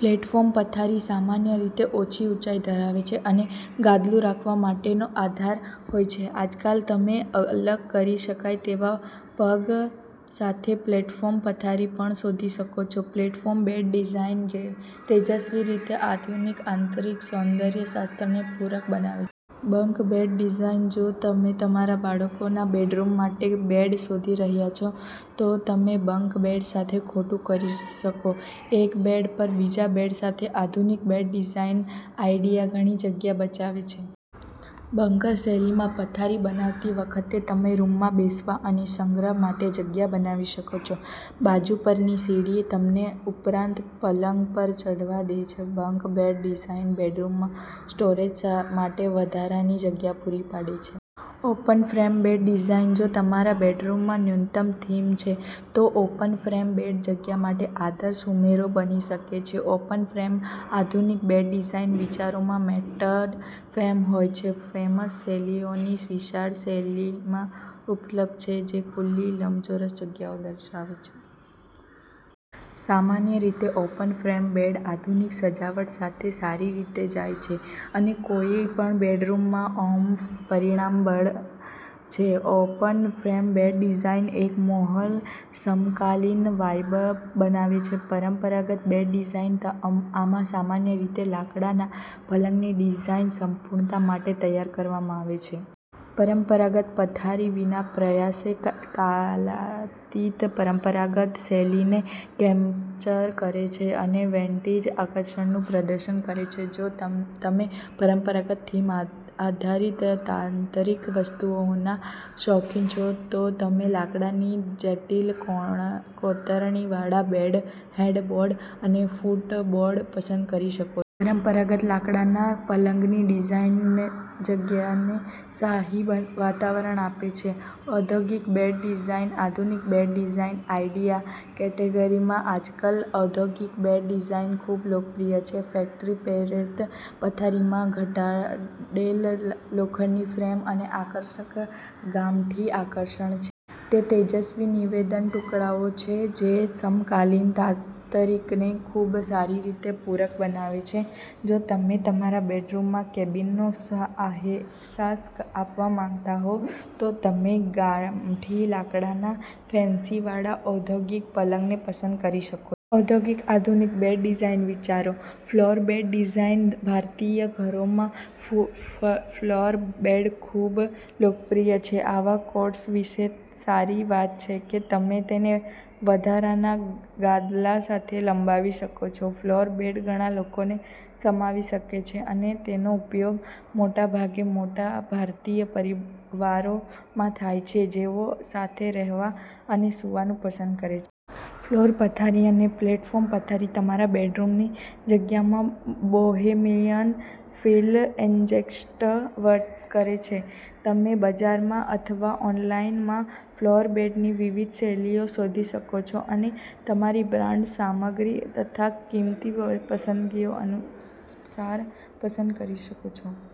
Platform પથારી સામાન્ય રીતે ઓછી ઊંચાઈ ધરાવે છે અને ગાદલું રાખવા માટેનો આધાર હોય છે. આજકાલ, તમે અલગ કરી શકાય તેવા પગ સાથે પ્લેટફોર્મ પથારી પણ શોધી શકો છો. પ્લેટફોર્મ બેડ ડિઝાઇન તેજસ્વી રીતે આધુનિક આંતરિક સૌંદર્ય શાસ્ત્રને પૂરક બનાવે છે. બંક બેડ ડિઝાઇન જો તમે તમારા બાળકોના બેડરૂમ માટે બેડ શોધી રહ્યા છો, તો તમે બંક બેડ સાથે ખોટું કરી શકો. એક બેડ પર બીજા બેડ સાથે, આધુનિક બેડ ડિઝાઇન આઇડિયા ઘણી જગ્યા બચાવે છે. બંકર શૈલીમાં પથારી બનાવતી વખતે, તમે રૂમમાં બેસવા અને સંગ્રહ માટે જગ્યા બનાવી શકો છો. બાજુ પરની સીડી તમને ઉપરના પલંગ પર ચઢવા દે છે. બંક બેડ ડિઝાઇન બેડરૂમમાં સ્ટોરેજ માટે વધારાની જગ્યા પૂરી પાડે છે. ઓપન ફ્રેમ બેડ ડિઝાઇન જો તમારા બેડરૂમમાં ન્યૂનતમ થીમ છે, તો ઓપન ફ્રેમ બેડ જગ્યા માટે આદર્શ ઉમેરો બની શકે છે. ઓપન-ફ્રેમ આધુનિક બેડ ડિઝાઇન વિચારોમાં મેટલ ફ્રેમ હોય છે. ફ્રેમ્સ શૈલીઓની વિશાળ શ્રેણીમાં ઉપલબ્ધ છે જે ખુલ્લી લંબચોરસ જગ્યાઓ દર્શાવે છે. સામાન્ય રીતે, ઓપન ફ્રેમ બેડ આધુનિક સજાવટ સાથે સારી રીતે જાય છે અને કોઈપણ બેડરૂમમાં ઓમ્ફ પરિબળ ઉમેરે છે. ઓપન ફ્રેમ બેડ ડિઝાઇન એક મોહક સમકાલીન વાઇબ બનાવે છે. પરંપરાગત બેડ ડિઝાઇન આમાં સામાન્ય રીતે લાકડાના પલંગની ડિઝાઇન સંપૂર્ણતા માટે તૈયાર કરવામાં આવે છે. પરંપરાગત પથારી વિના પ્રયાસે કાલાતીત પરંપરાગત શૈલીને કેપ્ચર કરે છે અને વિન્ટેજ આકર્ષણનું પ્રદર્શન કરે છે. જો તમે પરંપરાગત થીમ આધારિત આંતરિક વસ્તુઓના શોખીન છો, તો તમે લાકડાની જટિલ કોતરણીવાળા હેડબોર્ડ અને ફૂટબોર્ડ પસંદ કરી શકો છો. પરંપરાગત લાકડાના પલંગની ડિઝાઇન જગ્યાને શાહી વાતાવરણ આપે છે. ઔદ્યોગિક બેડ ડિઝાઇન આધુનિક બેડ ડિઝાઇન આઇડિયા કેટેગરીમાં આજકાલ ઔદ્યોગિક બેડ ડિઝાઇન ખૂબ લોકપ્રિય છે. ફેક્ટરી-પ્રેરિત પથારીમાં ઘડાયેલ લોખંડની ફ્રેમ અને આકર્ષક ગામઠી આકર્ષણ છે. તે તેજસ્વી નિવેદન ટુકડાઓ છે જે સમકાલીન આંતરિકને ખૂબ સારી રીતે પૂરક બનાવે છે. જો તમે તમારા બેડરૂમમાં કેબિનનો અહેસાસ આપવા માંગતા હોવ તો તમે ગામઠી લાકડાના ફિનિશવાળા ઔદ્યોગિક પલંગને પસંદ કરી શકો છો. ઔદ્યોગિક આધુનિક બેડ ડિઝાઇન વિચારો. ફ્લોર બેડ ડિઝાઇન ભારતીય ઘરોમાં ફ્લોર બેડ ખૂબ લોકપ્રિય છે. આવા કોટ્સ વિશે સારી વાત છે કે તમે તેને વધારાના ગાદલા સાથે લંબાવી શકો છો. ફ્લોર બેડ ઘણા લોકોને સમાવી શકે છે અને તેનો ઉપયોગ મોટાભાગે મોટા ભારતીય પરિવારોમાં થાય છે જેઓ સાથે રહેવા અને સૂવાનું પસંદ કરે છે. ફ્લોર પથારી અને પ્લેટફોર્મ પથારી તમારા બેડરૂમની જગ્યામાં બોહેમિયન ફીલ ઇન્જેક્ટ કરે છે. તમે બજારમાં અથવા ઑનલાઇનમાં ફ્લોર બેડની વિવિધ શૈલીઓ શોધી શકો છો, અને તમારી બ્રાન્ડ, સામગ્રી તથા કિંમતની પસંદગીઓ અનુસાર પસંદ કરી શકો છો.